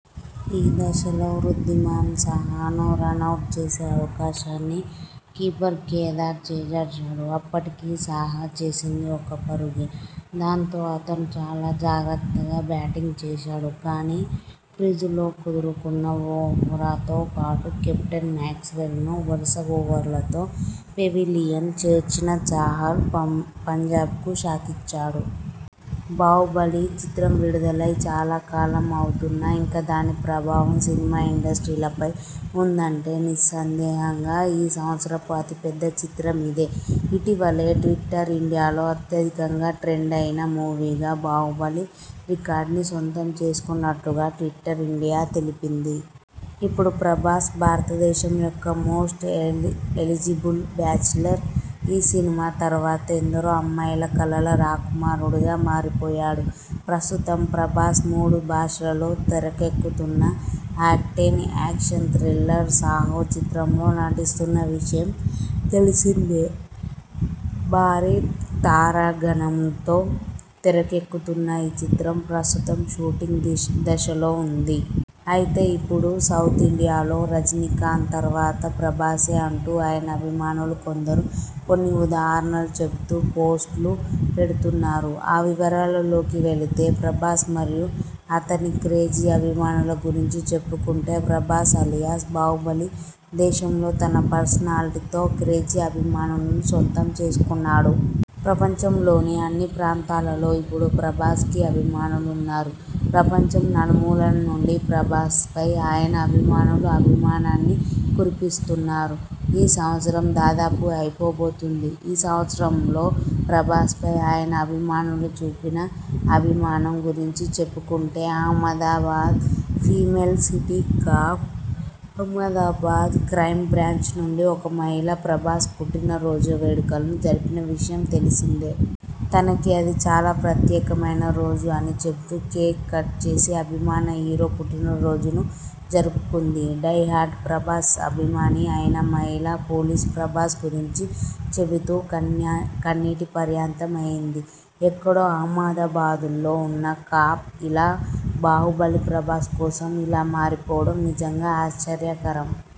ఈ దశలో వృద్ధిమాన్ సాహా ను రనౌట్ చేసే అవకాశాన్ని కీపర్ కేదార్ చేజార్చాడు. అప్పటికి సాహా చేసింది ఒక పరుగే. దాంతో అతను చాలా జాగ్రత్తగా బ్యాటింగ్ చేశాడు. కానీ, క్రీజులో కుదురుకున్న వోహ్రాతో పాటు కెప్టెన్ మాక్స్వెల్ ను వరుస ఓవర్లతో పెవిలియన్ చేర్చిన చాహల్ పంజాబ్కు షాకిచ్చాడు. 'బాహుబలి ' చిత్రం విడుదలై చాలా కాలం అవుతున్నా ఇంకా దాని ప్రభావం సినిమా ఇండస్ట్రీలపై ఉందంటే నిస్సందేహంగా ఈ సంవత్సరపు అతిపెద్ద చిత్రం ఇదే. ఇటీవలే ట్విట్టర్ ఇండియాలో అత్యధికంగా ట్రెండ్ అయిన మూవీగా 'బాహుబలి ' రికార్డ్ని సొంతం చేసుకున్నట్లుగా ట్విట్టర్ ఇండియా తెలిపింది. ఇప్పుడు ప్రభాస్ భారతదేశం యొక్క మోస్ట్ ఎలిజిబుల్ బ్యాచ్లర్. ఈ సినిమా తర్వాత ఎందరో అమ్మాయిల కలల రాకుమారుడుగా మారిపోయాడు. ప్రస్తుతం ప్రభాస్ మూడు భాషలలో తెరకెక్కుతున్న ఆక్టేన్ యాక్షన్ థ్రిల్లర్ 'సాహో' చిత్రంలో నటిస్తున్న విషయం తెలిసిందే. భారీ తారాగణంతో తెరకెక్కుతున్న ఈ చిత్రం ప్రస్తుతం షూటింగ్ దశలో ఉంది. అయితే ఇప్పడు సౌతిండియాలో రజినీకాంత్ తర్వాత ప్రభాసే అంటూ ఆయన అభిమానులు కొందరు కొన్ని ఉదహరణలు చెబుతూ పోస్ట్లు పెడుతున్నారు. ఆ వివరాలలోకి వెళితే ప్రభాస్ మరియు అతని క్రేజీ అభిమానుల గురించి చెప్పుకుంటే ప్రభాస్ అలియాస్ బాహుబలి దేశంలో తన పర్సనాలిటీతో క్రేజీ అభిమానులను సొంతం చేసుకున్నాడు. ప్రపంచంలోని అన్ని ప్రాంతాలలో ఇప్పుడు ప్రభాస్కి అభిమానులున్నారు. ప్రపంచం నలుమూలల నుండి ప్రభాస్పై ఆయన అభిమానులు అభిమానాన్ని కురిపిస్తున్నారు. ఈ సంవత్సరం దాదాపుగా అయిపోబోతుంది. ఈ సంవత్సరంలో ప్రభాస్పై ఆయన అభిమానుల చూపిన అభిమానం గురించి చెప్పుకుంటే Ahmedabad female city cop Ahmedabad crime branch నుండి ఒక మహిళ ప్రభాస్ పుట్టినరోజున వేడుకలని జరిపిన విషయం తెలిసిందే. తనకి అది చాలా ప్రత్యేకమైన రోజు అని చెబుతూ కేక్ కట్ చేసి అభిమాన హీరో పుట్టినరోజును జరుపుకుంది. డై-హార్డ్ ప్రభాస్ అభిమాని అయిన మహిళా పోలీసు ప్రభాస్ గురించి చెబుతూ కన్నీటిపర్యంతమయింది. ఎక్కడో అహ్మదాబాద్లో ఉన్న కాప్ ఇలా బాహుబలి ప్రభాస్ కోసం ఇలా మారిపోవడం నిజంగా ఆశ్చర్యకరం.